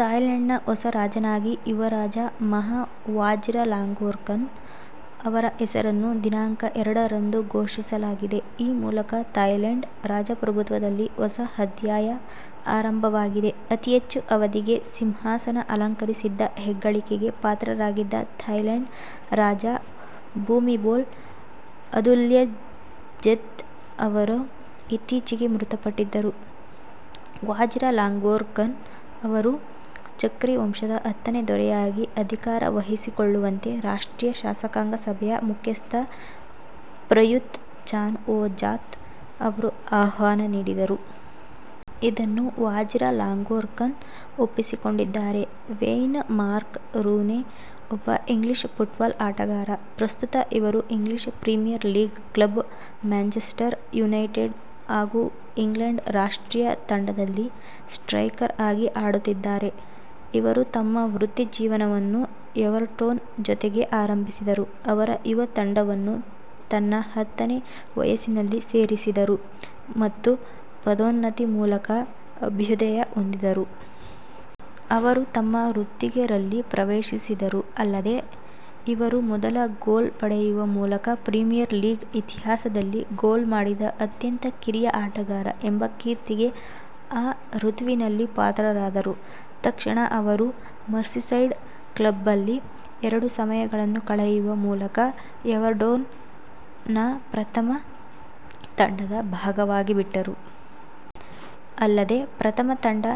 ಥಾಯ್ಲೆಂಡ್ನ ಹೊಸ ರಾಜನಾಗಿ ಯುವರಾಜ ಮಹಾ ವಾಜಿರಲಾಂಗ್ಕೊರ್ನ್ ಅವರ ಹೆಸರನ್ನು ದಿನಾಂಕ ಎರಡರಂದು ಘೋಷಿಸಲಾಗಿದೆ. ಈ ಮೂಲಕ ಥಾಯ್ಲೆಂಡ್ ರಾಜಪ್ರಭುತ್ವದಲ್ಲಿ ಹೊಸ ಅಧ್ಯಾಯ ಆರಂಭವಾಗಿದೆ. ಅತಿಹೆಚ್ಚು ಅವಧಿಗೆ ಸಿಂಹಾಸನ ಅಲಂಕರಿಸಿದ್ದ ಹೆಗ್ಗಳಿಕೆಗೆ ಪಾತ್ರರಾಗಿದ್ದ ಥಾಯ್ಲೆಂಡ್ ರಾಜ ಭೂಮಿಬೊಲ್ ಅದುಲ್ಯದೆಜ್ ಅವರು ಇತ್ತೀಚೆಗೆ ಮೃತಪಟ್ಟಿದ್ದರು. ವಾಜಿರಲಾಂಗ್ಕೊರ್ನ್ ಅವರು ಚಕ್ರಿ ವಂಶದ ಹತ್ತನೇ ದೊರೆಯಾಗಿ ಅಧಿಕಾರ ವಹಿಸಿಕೊಳ್ಳುವಂತೆ ರಾಷ್ಟ್ರೀಯ ಶಾಸಕಾಂಗ ಸಭೆಯ ಮುಖ್ಯಸ್ಥ ಪ್ರಯೂತ್ ಚಾನ್ ಒ ಚಾತ್ ಅವರು ಆಹ್ವಾನ ನೀಡಿದರು. ಇದನ್ನು ವಾಜಿರಲಾಂಗ್ಕೊರ್ನ್ ಒಪ್ಪಿಕೊಂಡಿದ್ದಾರೆ. ವೇಯ್ನ್ ಮಾರ್ಕ್ ರೂನೇ ಒಬ್ಬ ಇಂಗ್ಲಿಷ್ ಫುಟ್ಬಾಲ್ ಆಟಗಾರ. ಪ್ರಸ್ತುತ ಇವರು English Premier League club Manchester United ಹಾಗೂ ಇಂಗ್ಲೆಂಡ್ ರಾಷ್ಟ್ರೀಯ ತಂಡದಲ್ಲಿ ಸ್ಟ್ರೈಕರ್ ಆಗಿ ಆಡುತ್ತಿದ್ದಾರೆ. ಇವರು ತಮ್ಮ ವೃತ್ತಿ ಜೀವನವನ್ನು ಎವರ್ಟೊನ್ ಜೊತೆಗೆ ಆರಂಭಿಸಿದರು. ಅವರ ಯುವ ತಂಡವನ್ನು ತನ್ನ ಹತ್ತನೇ ವಯಸ್ಸಿನಲ್ಲಿ ಸೇರಿದರು ಮತ್ತು ಪದೋನ್ನತಿ ಮೂಲಕ ಅಭ್ಯುದಯ ಹೊಂದಿದರು. ಅವರು ತಮ್ಮ ವೃತ್ತಿಗೆ ರಲ್ಲಿ ಪ್ರವೇಶಿಸಿದರು. ಅಲ್ಲದೆ, ಇವರು ಮೊದಲ ಗೋಲ್ ಪಡೆಯುವ ಮೂಲಕ ಪ್ರೀಮಿಯರ್ ಲೀಗ್ ಇತಿಹಾಸದಲ್ಲಿ ಗೋಲ್ ಮಾಡಿದ ಅತ್ಯಂತ ಕಿರಿಯ ಆಟಗಾರ ಎಂಬ ಕೀರ್ತಿಗೆ ಆ ಋತುವಿನಲ್ಲಿ ಪಾತ್ರರಾದರು. ತಕ್ಷಣ ಅವರು ಮರ್ಸಿಸೈಡ್ ಕ್ಲಬ್ನಲ್ಲಿ ಎರಡು ಸಮಯಗಳನ್ನು ಕಳೆಯುವ ಮೂಲಕ ಎವರ್ಟೊನ್ ನ ಪ್ರಥಮ ತಂಡದ ಭಾಗವಾಗಿಬಿಟ್ಟರು. ಅಲ್ಲದೆ, ಪ್ರಥಮ ತಂಡ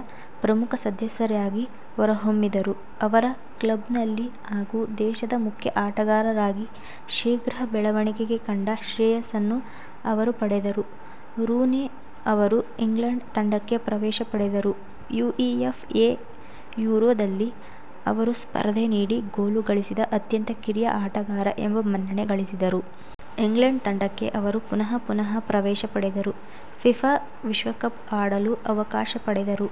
ಪ್ರಮುಖ ಸದಸ್ಯರಾಗಿ ಹೊರಹೊಮ್ಮಿದರು. ಅವರ ಕ್ಲಬ್ ನಲ್ಲಿ ಹಾಗೂ ದೇಶದ ಮುಖ್ಯ ಆಟಗಾರರಾಗಿ ಶೀಘ್ರ ಬೆಳವಣಿಗೆಗೆ ಕಂಡ ಶ್ರೇಯಸ್ಸನ್ನು ಅವರು ಪಡೆದರು. ರೂನೇ ಅವರು ಇಂಗ್ಲೆಂಡ್ ತಂಡಕ್ಕೆ ಪ್ರವೇಶ ಪಡೆದರು. U E F A Euro ದಲ್ಲಿ ಅವರು ಸ್ಪರ್ಧೆ ನೀಡಿ ಗೋಲು ಗಳಿಸಿದ ಅತ್ಯಂತ ಕಿರಿಯ ಆಟಗಾರ ಎಂಬ ಮನ್ನಣೆ ಗಳಿಸಿದರು. ಇಂಗ್ಲೆಂಡ್ ತಂಡಕ್ಕೆ ಅವರು ಪುನಃ ಪುನಃ ಪ್ರವೇಶ ಪಡೆದರು. ಫಿಫಾ ವಿಶ್ವ ಕಪ್ ಆಡಲು ಅವಕಾಶ ಪಡೆದರು.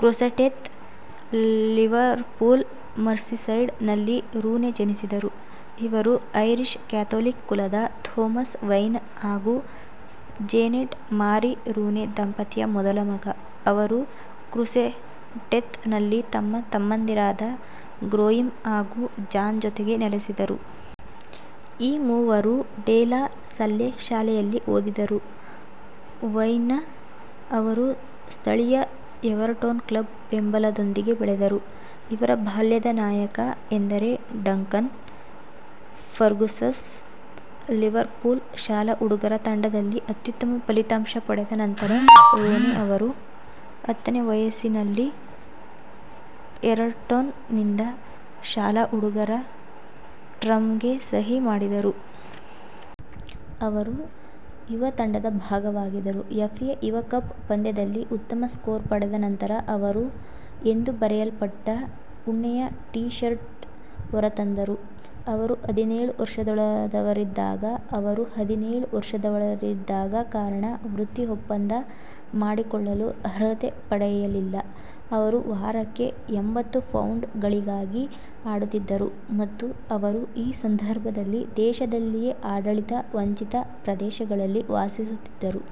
ಕ್ರೊಕ್ಸ್ಟೆತ್, ಲಿವರ್ಪೂಲ್ ಮರ್ಸಿಸೈಡ್ ನಲ್ಲಿ ರೂನೇ ಜನಿಸಿದರು. ಇವರು ಐರಿಶ್ ಕ್ಯಾಥೋಲಿಕ್ ಕುಲದ ಥೋಮಸ್ ವೇಯ್ನ್ ಹಾಗೂ ಜೇನೆಟ್ ಮಾರಿ ರೂನೇ ದಂಪತಿಯ ಮೊದಲ ಮಗ. ಅವರು ಕ್ರೊಕ್ಸಟೆತ್ ನಲ್ಲಿ ತಮ್ಮ ತಮ್ಮಂದಿರಾದ ಗ್ರಾಯಿಮ್ ಹಾಗೂ ಜಾನ್ ಜೊತೆಗೆ ನೆಲೆಸಿದರು. ಈ ಮೂವರೂ ಡೆ ಲಾ ಸಲ್ಲೆ ಶಾಲೆಯಲ್ಲಿ ಓದಿದರು. ವೈಯ್ನ್ ಅವರು ಸ್ಥಳೀಯ ಎವರ್ಟೊನ್ ಕ್ಲಬ್ ಬೆಂಬಲದೊಂದಿಗೆ ಬೆಳೆದರು. ಇವರ ಬಾಲ್ಯದ ನಾಯಕ ಎಂದರೆ ಡಂಕನ್ ಫರ್ಗುಸನ್. ಲಿವರ್ ಪೂಲ್ ಶಾಲಾ ಹುಡುಗರ ತಂಡದಲ್ಲಿ ಅತ್ಯುತ್ತಮ ಫಲಿತಾಂಶ ಪಡೆದ ನಂತರ ರೋನೇ ಅವರು ಹತ್ತನೇ ವಯಸ್ಸಿನಲ್ಲಿ ಎರರ್ಟೋನ್ ನಿಂದ ಶಾಲಾ ಹುಡುಗರ ಟರ್ಮ್ಸ್ಗೆ ಸಹಿ ಮಾಡಿದರು. ಅವರು ಯುವ ತಂಡದ ಭಾಗವಾಗಿದ್ದರು. ಎಫ್ಎ ಯುವಕಪ್ ಪಂದ್ಯದಲ್ಲಿ ಉತ್ತಮ ಸ್ಕೋರ್ ಪಡೆದ ನಂತರ ಅವರು ಎಂದು ಬರೆಯಲ್ಪಟ್ಟ ಉಣ್ಣೆಯ ಟಿ ಶರ್ಟನ್ನು ಹೊರತಂದರು. ಅವರು ಹದಿನೇಳು ವರ್ಷದೊಳಗಿನವರಾಗಿದ್ದಾಗ ಅವರು ಹದಿನೇಳು ವರ್ಷದೊಳಗಿನವರಾಗಿದ್ದ ಕಾರಣ ವೃತ್ತಿ ಒಪ್ಪಂದ ಮಾಡಿಕೊಳ್ಳಲು ಅರ್ಹತೆ ಪಡೆಯಲಿಲ್ಲ. ಅವರು ವಾರಕ್ಕೆ ಎಂಭತ್ತು ಪೌಂಡ್ ಗಳಿಗಾಗಿ ಆಡುತ್ತಿದ್ದರು. ಮತ್ತು ಅವರು ಈ ಸಂದರ್ಭದಲ್ಲಿ ದೇಶದಲ್ಲಿಯೇ ಆಡಳಿತ ವಂಚಿತ ಪ್ರದೇಶದಲ್ಲಿ ವಾಸಿಸುತ್ತಿದ್ದರು.